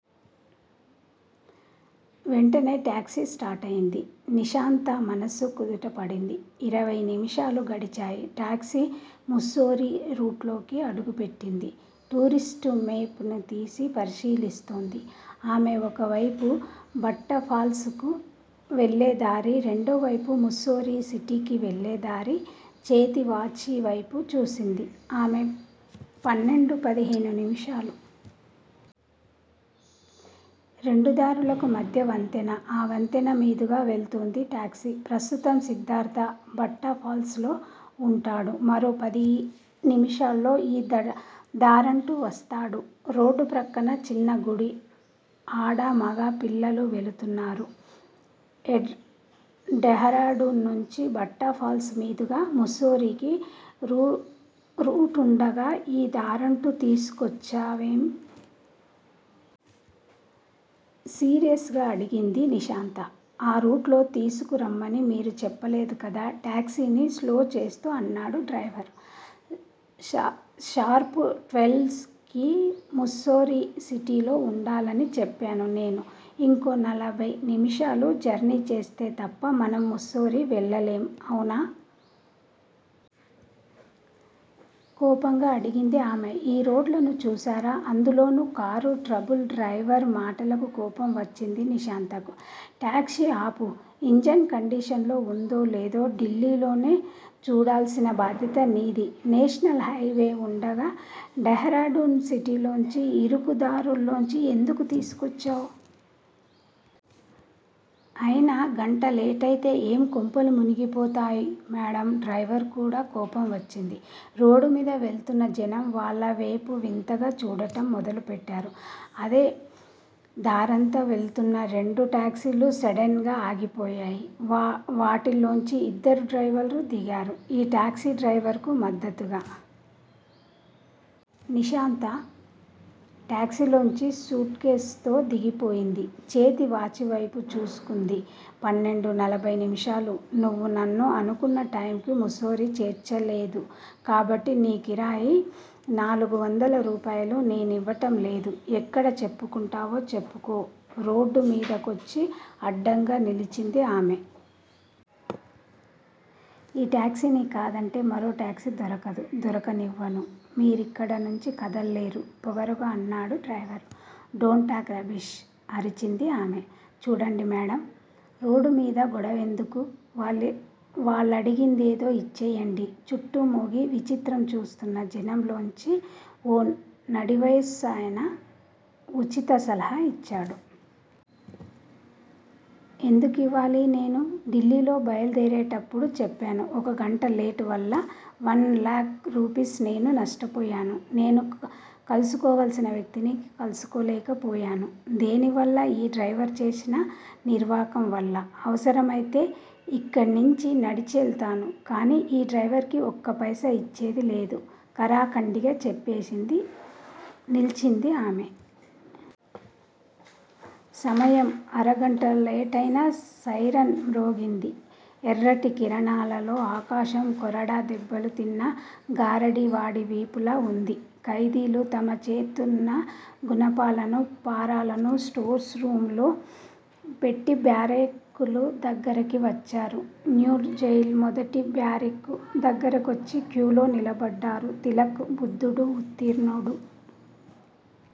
వెంటనే టాక్సీ స్టార్టయింది. నిశాంత మనసు కుదటపడింది. ఇరవై నిమిషాలు గడిచాయి. టాక్సీ ముస్సోరీ రూట్లోకి అడుగుపెట్టింది. టూరిస్ట్ మేప్ ను తీసి పరిశీలిస్తోంది ఆమె. ఒకవైపు భట్టాఫాల్స్ కు వెళ్ళేదారి. రెండోవైపు ముస్సోరి సిటీకి వెళ్ళేదారి. చేతివాచీ వైపు చూసింది ఆమె. పన్నెండు పదిహేను నిముషాలు. రెండుదారులకు మధ్య వంతెన. ఆ వంతెన మీదుగా వెళ్తోంది టాక్సీ. ప్రస్తుతం సిద్ధార్ధ భట్టాఫాల్స్ లో వుంటాడు. మరో పదినిమిషాల్లో ఈ దారంట వస్తాడు. రోడ్డు ప్రక్కన చిన్న గుడి. ఆడా, మగా, పిల్లలు వెళుతున్నారు. డెహ్రాడూన్ నుంచి భట్టాఫాల్స్ మీదుగా ముస్సోరీకి రూటుండగా ఈ దారంట తీసుకొచ్చావేం? సీరియస్ గా అడిగింది నిశాంత. ఆ రూట్లో తీసుకురమ్మని మీరు చెప్పలేదు గదా టాక్సీని స్లో చేస్తూ అన్నాడు డ్రైవర్. షార్ప్ ట్వెల్వ్ కి, ముస్సోరి సిటీలో వుండాలని చెప్పాను నేను ఇంకో నలభై నిమిషాలు జర్నీ చేస్తే తప్ప మనం ముస్సోరీ వెళ్ళలేం. అవునా? కోపంగా అడిగింది ఆమె. ఈ రోడ్లను చూసారా అందులోనూ కారు ట్రబుల్. డ్రైవర్ మాటలకు కోపం వచ్చింది నిశాంతకు. టాక్సీ ఆపు. ఇంజన్ కండీషన్లో వుందో, లేదో ఢిల్లీలోనే చూడాల్సిన బాధ్యత నీది. నేషనల్ హైవే వుండగా, డెహ్రాడూన్ సిటీలోంచి, ఇరుకు దారుల్లోంచి ఎందుకు తీసుకొచ్చావ్? అయినా గంట లేటైతే ఏం కొంపలు మునిగిపోతాయ్ మేడమ్ డ్రైవర్ క్కూడా కోపం వచ్చింది. రోడ్డుమీద వెళుతున్న జనం వాళ్ళవేపే వింతగా చూడడం మొదలుపెట్టారు. అదే దారంత వెళుతున్న రెండు టాక్సీలు సడన్ గా ఆగిపోయాయి. వాటిల్లోంచి ఇద్దరు డ్రైవర్లు దిగారు. ఈ టాక్సీ డ్రైవర్ కు మద్దతుగా. నిశాంత టాక్సీలోంచి సూట్ కేసుతో దిగిపోయింది. చేతి వాచీవైపు చూసుకుంది. పన్నెండు నలభై నిమిషాలు. నువ్వు నన్ను అనుకున్న టైమ్ కి ముస్సోరీ చేర్చలేదు కాబట్టి, నీ కిరాయి నాలుగు వందల రూపాయలు నేనివ్వడం లేదు. ఎక్కడ చెప్పుకుంటావో చెప్పుకో. రోడ్డు మీదకొచ్చి అడ్డంగా నిల్చుంది ఆమె. ఈ టాక్సీని కాదంటే మరో టాక్సీ దొరకదు దొరకనివ్వను. మీరిక్కడ నుంచి కదల్లేరు పొగరుగా అన్నాడు డ్రైవర్. డోంట్ టాక్ రబ్బిష్ అరిచింది ఆమె. చూడండి మేడమ్! రోడ్డుమీద గొడవెందుకు వాళ్ళడిగిందేదో ఇచ్చెయ్యండి చుట్టూ మూగి, విచిత్రం చూస్తున్న జనంలోంచి ఓ నడివయసాయన వుచిత సలహా యిచ్చాడు. ఎందుకివ్వాలి! నేను ఢిల్లీలో బయలుదేరేటప్పుడు చెప్పాను ఒక గంట లేట్ వల్ల, వన్ లాక్ రూపీస్ నేను నష్టపోయాను. నేను కల్సుకోవాల్సిన వక్తిని కల్సుకోలేకపోయాను దేనివల్ల ఈ డ్రైవర్ చేసిన నిర్వాకం వల్ల అవసరమైతే ఇక్కడ్నించి నడిచెళ్తాను కానీ ఈ డ్రైవర్ కి ఒక్క పైసా యిచ్చేది లేదు ఖరాఖండిగా చెప్పేసి నిల్చుంది ఆమె. సమయం ఆరుగంటలైనట్టు సైరన్ మ్రోగింది. ఎర్రటి కిరణాలలో ఆకాశం కొరడా దెబ్బలు తిన్న గారడీవాడి వీపులా వుంది. ఖైదీలు తమ చేతనున్న గునపాలను, పారలను స్టోర్స్ రూమ్ లో పెట్టి బ్యారెక్కుల దగ్గరికి వచ్చారు. న్యూజైల్ మొదటి బ్యారెక్కు దగ్గరికొచ్చి క్యూలో నిలబడ్డారు తిలక్, బుద్ధుడు, ఉత్తీర్ణుడు.